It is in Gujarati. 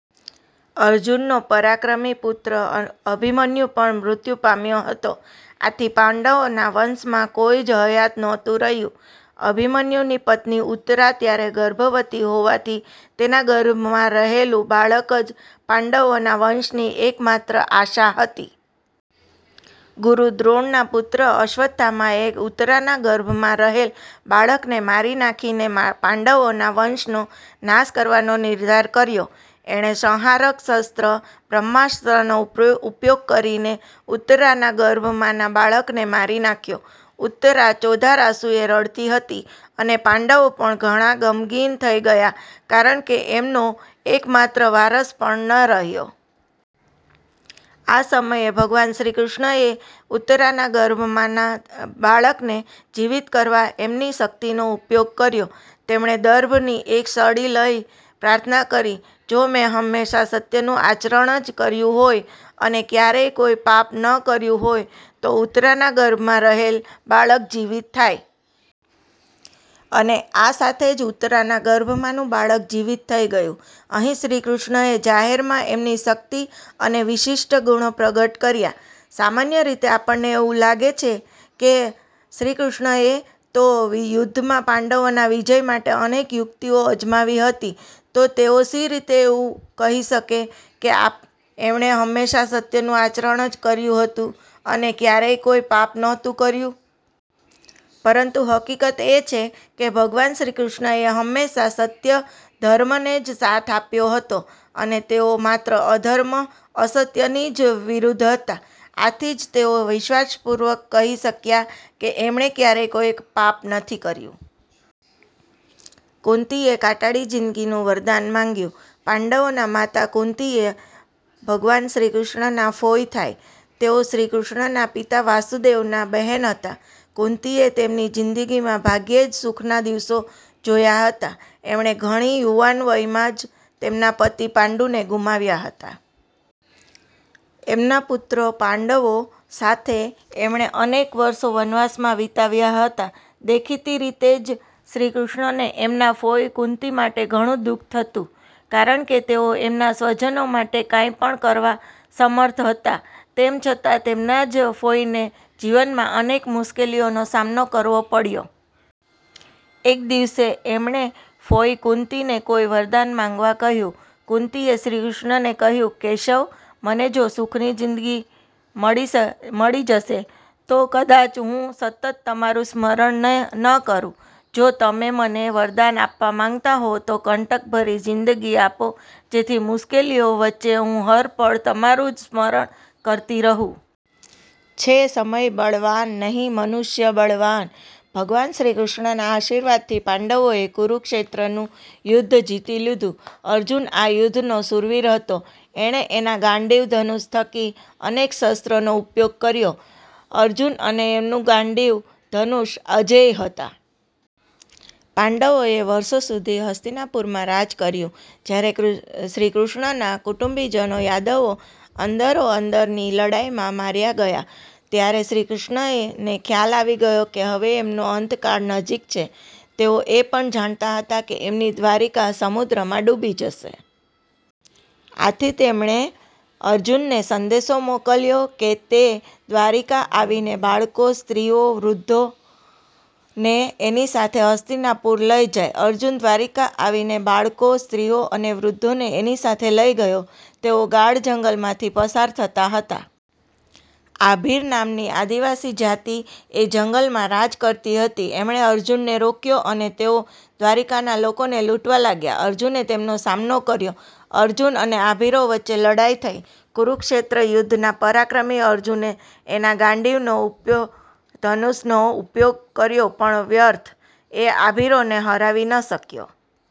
અર્જુનનો પરાક્રમી પુત્ર અભિમન્યુ પણ મૃત્યુ પામ્યો હતો. આથી પાંડવોના વંશમાં। કોઈ જ હયાત નહોતું રહ્યું. અભિમન્યુની પત્ની ઉત્તરા ત્યારે ગર્ભવતી હોવાથી એના ગર્ભમાં રહેલું બાળક જ પાંડવોના વંશની એક માત્ર આશા હતી. ગુરુ દ્રોણના પુત્ર અશ્વસ્થામાએ ઉત્તરાના ગર્ભમાં રહેલ બાળકને મારી નાંખીને પાંડવોના વંશનો નાશ કરવાનો નિર્ધાર કર્યો. એણે સંહારક શસ્ત્ર બ્રહ્માસ્ત્રનો ઉપયોગ કરીને ઉત્તરાના ગર્ભમાંના બાળકને મારી નાંખ્યો. ઉત્તરા ચોધાર આંસુએ રડતી હતી અને પાંડવો પણ ઘણા ગમગીન થઇ ગયા કારણકે એમનો એક માત્ર વારસ પણ ન રહ્યો. આ સમયે ભગવાન શ્રીકૃષ્ણએ ઉત્તરાના ગર્ભમાંના બાળકને જીવિત કરવા એમની શક્તિનો ઉપયોગ કર્યો. એમણે દર્ભની એક સળી લઈને પ્રાર્થના કરી, "જો મેં હંમેશાં સત્યનું આચરણ જ કર્યું હોય અને ક્યારેય કોઈ પાપ ન કર્યું હોય તો ઉત્તરાના ગર્ભમાં રહેલ બાળક જીવિત થાય! " અને આ સાથે જ ઉત્તરાના ગર્ભમાંનું બાળક જીવિત થઇ ગયું! અહીં શ્રીકૃષ્ણએ જાહેરમાં એમની શક્તિ અને વિશિષ્ઠ ગુણો પ્રગટ કર્યા. સામાન્ય રીતે આપણને એવું લાગે કે શ્રીકૃષ્ણએ તો યુદ્ધમાં પાંડવોના વિજય માટે અનેક યુક્તિઓ અજમાવી હતી તો તેઓ શી રીતે એવું કહી શકે કે એમણે હંમેશાં સત્યનું આચરણ જ કર્યું હતું અને ક્યારેય કોઈ પાપ નહોતું કર્યું? પરંતુ હકીકત એ છે કે ભગવાન શ્રીકૃષ્ણએ હંમેશાં સત્ય ધર્મને જ સાથ આપ્યો હતો અને તેઓ માત્ર અધર્મ અસત્યની જ વિરુદ્ધ હતા. આથી જ તેઓ વિશ્વાસપૂર્વક કહી શક્યા કે એમણે ક્યારેય કોઈ પાપ નથી કર્યું. કુંતીએ કાંટાળી જીન્દગીનું વરદાન માંગ્યું પાંડવોના માતા કુંતી એ ભગવાન શ્રીકૃષ્ણના ફોઈ થાય. તેઓ શ્રીકૃષ્ણના પિતા વાસુદેવના બહેન હતા. કુંતીએ એમની જીન્દગીમાં ભાગ્યે જ સુખના દિવસો જોયા હતા. એમણે ઘણી યુવાન વયમાં જ એમના પતિ પાંડુને ગુમાવ્યા હતા. એમના પુત્રો પાંડવો સાથે એમણે અનેક વર્ષો વનવાસમાં વિતાવ્યા હતા. દેખીતી રીતે જ શ્રીકૃષ્ણને એમના ફોઈ કુંતી માટે ઘણું દુ:ખ થતું. કારણકે તેઓ એમના સ્વજનો માટે કાંઈ પણ કરવા સમર્થ હતા તેમ છતાં એમના જ ફોઈને જીવનમાં અનેક મુશ્કેલીઓનો સામનો કરવો પડતો. એક દિવસ એમણે ફોઈ કુંતીને કોઈ વરદાન માંગવા કહ્યું. કુંતીએ શ્રીકૃષ્ણને કહ્યું, "કેશવ, મને જો સુખની જીન્દગી મળી જશે તો કદાચ હું સતત તમારું સ્મરણ ન કરું. જો તમે મને વરદાન આપવા માંગતા હો તો કંટક ભરી જીન્દગી આપો જેથી મુશ્કેલીઓ વચ્ચે હું હર પળ તમારું જ સ્મરણ કરતી રહું". છે સમય બળવાન નહીં મનુષ્ય બળવાન ભગવાન શ્રીકૃષ્ણના આશીર્વાદથી પાંડવોએ કુરુક્ષેત્રનું યુદ્ધ જીતી લીધું. અર્જુન આ યુદ્ધનો શૂરવીર હતો. એણે એના ગાંડીવ ધનુષ થકી અનેક શસ્ત્રોનો ઉપયોગ કર્યો. અર્જુન અને એનું ગાંડીવ ધનુષ અજેય ગણાતા. પાંડવોએ વર્ષો સુધી હસ્તિનાપુરમાં રાજ કર્યું. જયારે શ્રીકૃષ્ણના કુટુંબીજનો યાદવો અંદરો અંદરની લડાઈમાં માર્યા ગયા ત્યારે શ્રીકૃષ્ણને ખ્યાલ આવી ગયો કે હવે એમનો અંતકાળ નજીક છે. તેઓ એ પણ જાણતા હતા કે એમની દ્વારિકા સમુદ્રમાં ડૂબી જશે. આથી એમણે અર્જુનને સંદેશો મોકલ્યો કે તે દ્વારિકા આવીને બાળકો, સ્ત્રીઓ અને વૃધ્ધોને એની સાથે હસ્તિનાપુર લઇ જાય. અર્જુન દ્વારિકા આવીને બાળકો, સ્ત્રીઓ અને વૃધ્ધોને એની સાથે લઇ ગયો. તેઓ ગાઢ જંગલમાંથી પસાર થતા હતા. આભીર નામની આદિવાસી જાતી એ જંગલમાં રાજ કરતી હતી. એમણે અર્જુનને રોક્યો અને તેઓ દ્વારિકાના લોકોને લુંટવા લાગ્યા. અર્જુને તેમનો સામનો કર્યો. અર્જુન અને આભીરો વચ્ચે લડાઈ થઇ. કુરુક્ષેત્ર યુધ્ધના પરાક્રમી અર્જુને એના ગાંડીવ ધનુષનો ઉપયોગ કર્યો પણ વ્યર્થ! એ આભીરોને હરાવી ન શક્યો!